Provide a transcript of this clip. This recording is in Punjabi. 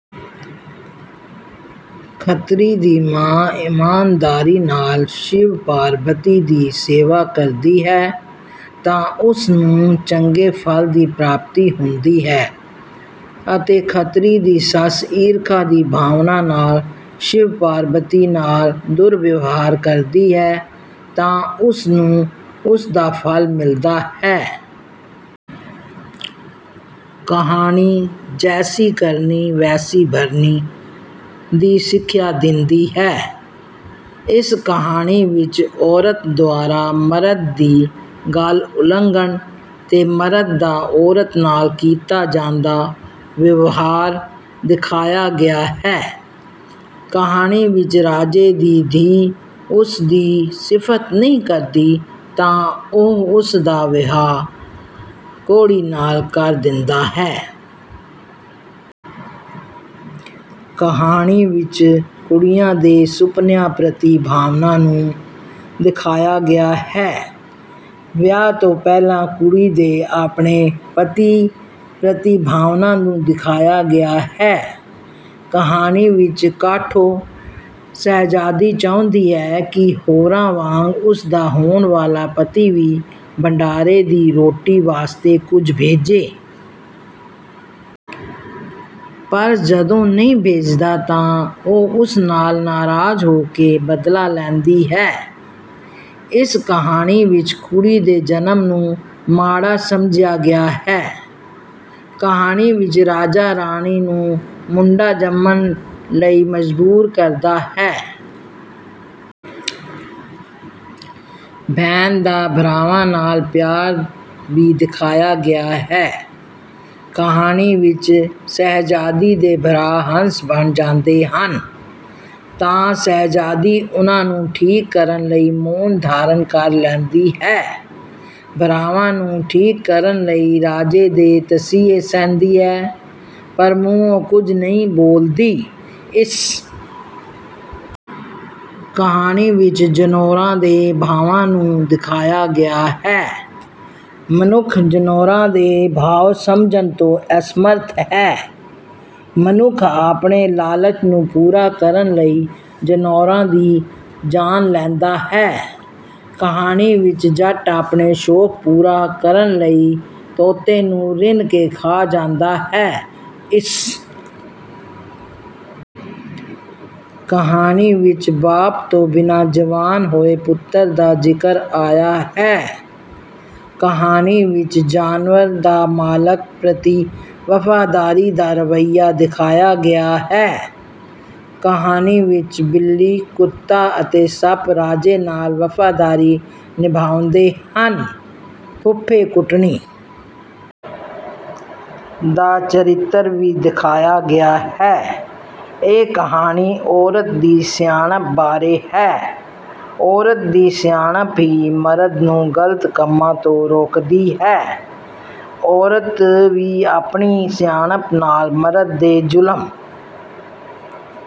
ਖੱਤਰੀ ਦੀ ਮਾਂ ਈਮਾਨਦਾਰੀ ਨਾਲ ਸ਼ਿਵ-ਪਾਰਬਤੀ ਦੀ ਸੇਵਾ ਕਰਦੀ ਹੈ ਤਾਂ ਉਸ ਨੂੰ ਚੰਗੇ ਫਲ ਦੀ ਪ੍ਰਾਪਤੀ ਹੁੰਦੀ ਹੈ ਅਤੇ ਖੱਤਰੀ ਦੀ ਸੱਸ ਈਰਖਾ ਦੀ ਭਾਵਨਾ ਨਾਲ ਸ਼ਿਵ-ਪਾਰਬਤੀ ਨਾਲ ਦੁਰਵਿਵਹਾਰ ਕਰਦੀ ਹੈ ਤਾਂ ਉਸ ਨੂੰ ਉਸ ਦਾ ਫਲ ਮਿਲਦਾ ਹੈ। ਕਹਾਣੀ ‘ਜੈਸੀ ਕਰਨੀ, ਵੈਸੀ ਭਰਨੀ’ ਦੀ ਸਿੱਖਿਆ ਦਿੰਦੀ ਹੈ। ਇਸ ਕਹਾਣੀ ਵਿਚ ਔਰਤ ਦੁਆਰਾ ਮਰਦ ਦੀ ਗੱਲ ਉਲੰਘਣ ’ਤੇ ਮਰਦ ਦਾ ਔਰਤ ਨਾਲ ਕੀਤਾ ਜਾਂਦਾ ਵਿਵਹਾਰ ਦਿਖਾਇਆ ਗਿਆ ਹੈ। ਕਹਾਣੀ ਵਿੱਚ ਰਾਜੇ ਦੀ ਧੀ ਉਸਦੀ ਸ਼ਿਫ਼ਤ ਨਹੀਂ ਕਰਦੀ ਤਾਂ ਉਹ ਉਸਦਾ ਵਿਆਹ ਕੋਹੜੀ ਨਾਲ ਕਰ ਦਿੰਦਾ ਹੈ। ਕਹਾਣੀ ਵਿਚ ਕੁੜੀਆਂ ਦੇ ਸੁਪਨਿਆਂ ਪ੍ਰਤੀ ਭਾਵਾਂ ਨੂੰ ਦਿਖਾਇਆ ਗਿਆ ਹੈ। ਵਿਆਹ ਤੋਂ ਪਹਿਲਾਂ ਕੁੜੀ ਦੇ ਆਪਣੇ ਪਤੀ ਪ੍ਰਤੀ ਭਾਵਾਂ ਨੂੰ ਦਿਖਾਇਆ ਗਿਆ ਹੈ। ਕਹਾਣੀ ਵਿੱਚ ਕਾਠੋ ਸ਼ਹਿਜ਼ਾਦੀ ਚਾਹੁੰਦੀ ਹੈ ਕਿ ਹੋਰਾਂ ਵਾਂਗ ਉਸਦਾ ਹੋਣ ਵਾਲਾ ਪਤੀ ਵੀ ਭੰਡਾਰੇ ਦੀ ਰੋਟੀ ਵਾਸਤੇ ਕੁਝ ਭੇਜੇ। ਪਰ ਜਦੋਂ ਨਹੀਂ ਭੇਜਦਾ ਤਾਂ ਉਹ ਉਸ ਨਾਲ ਨਾਰਾਜ਼ ਹੋ ਕੇ ਬਦਲਾ ਲੈਂਦੀ ਹੈ। ਇਸ ਕਹਾਣੀ ਵਿਚ ਕੁੜੀ ਦੇ ਜਨਮ ਨੂੰ ਮਾੜਾ ਸਮਝਿਆ ਗਿਆ ਹੈ। ਕਹਾਣੀ ਵਿੱਚ ਰਾਜਾ ਰਾਣੀ ਨੂੰ ਮੁੰਡਾ ਜੰਮਣ ਲਈ ਮਜ਼ਬੂਰ ਕਰਦਾ ਹੈ। ਭੈਣ ਦਾ ਭਰਾਵਾਂ ਨਾਲ ਪਿਆਰ ਵੀ ਦਿਖਾਇਆ ਗਿਆ ਹੈ। ਕਹਾਣੀ ਵਿੱਚ ਸ਼ਹਿਜ਼ਾਦੀ ਦੇ ਭਰਾ ਹੰਸ ਬਣ ਜਾਂਦੇ ਹਨ ਤਾਂ ਸ਼ਹਿਜ਼ਾਦੀ ਉਨ੍ਹਾਂ ਨੂੰ ਠੀਕ ਕਰਨ ਲਈ ਮੌਨ ਧਾਰਨ ਕਰ ਲੈਂਦੀ ਹੈ। ਭਰਾਵਾਂ ਨੂੰ ਠੀਕ ਕਰਨ ਲਈ ਰਾਜੇ ਦੇ ਤਸੀਹੇ ਸਹਿੰਦੀ ਹੈ, ਪਰ ਮੂੰਹੋਂ ਕੁਝ ਨਹੀਂ ਬੋਲਦੀ। ਇਸ ਕਹਾਣੀ ਵਿਚ ਜਨੌਰਾਂ ਦੇ ਭਾਵਾਂ ਨੂੰ ਦਿਖਾਇਆ ਗਿਆ ਹੈ। ਮਨੁੱਖ ਜਨੌਰਾਂ ਦੇ ਭਾਵ ਸਮਝਣ ਤੋਂ ਅਸਮਰਥ ਹੈ। ਮਨੁੱਖ ਆਪਣੇ ਲਾਲਚ ਨੂੰ ਪੂਰਾ ਕਰਨ ਲਈ ਜਨੌਰਾਂ ਦੀ ਜਾਨ ਲੈਂਦਾ ਹੈ। ਕਹਾਣੀ ਵਿੱਚ ਜੱਟ ਆਪਣੇ ਸ਼ੌਕ ਪੂਰਾ ਕਰਨ ਲਈ ਤੋਤੇ ਨੂੰ ਰਿੰਨ੍ਹ ਕੇ ਖਾ ਜਾਂਦਾ ਹੈ। ਇਸ ਕਹਾਣੀ ਵਿਚ ਬਾਪ ਤੋਂ ਬਿਨਾਂ ਜਵਾਨ ਹੋਏ ਪੁੱਤਰ ਦਾ ਜ਼ਿਕਰ ਆਇਆ ਹੈ। ਕਹਾਣੀ ਵਿੱਚ ਜਾਨਵਰ ਦਾ ਮਾਲਕ ਪ੍ਰਤੀ ਵਫ਼ਾਦਾਰੀ ਦਾ ਰਵੱਈਆ ਦਿਖਾਇਆ ਗਿਆ ਹੈ। ਕਹਾਣੀ ਵਿਚ ਬਿੱਲੀ, ਕੁੱਤਾ ਅਤੇ ਸੱਪ ਰਾਜੇ ਨਾਲ ਵਫ਼ਾਦਾਰੀ ਨਿਭਾਉਂਦੇ ਹਨ। ਫੁੱਫੇਕੁਟਣੀ ਦਾ ਚਰਿੱਤਰ ਵੀ ਦਿਖਾਇਆ ਗਿਆ ਹੈ। ਇਹ ਕਹਾਣੀ ਔਰਤ ਦੀ ਸਿਆਣਪ ਬਾਰੇ ਹੈ। ਔਰਤ ਦੀ ਸਿਆਣਪ ਹੀ ਮਰਦ ਨੂੰ ਗਲਤ ਕੰਮਾਂ ਤੋਂ ਰੋਕਦੀ ਹੈ। ਔਰਤ ਵੀ ਆਪਣੀ ਸਿਆਣਪ ਨਾਲ ਮਰਦ ਦੇ ਜ਼ੁਲਮ...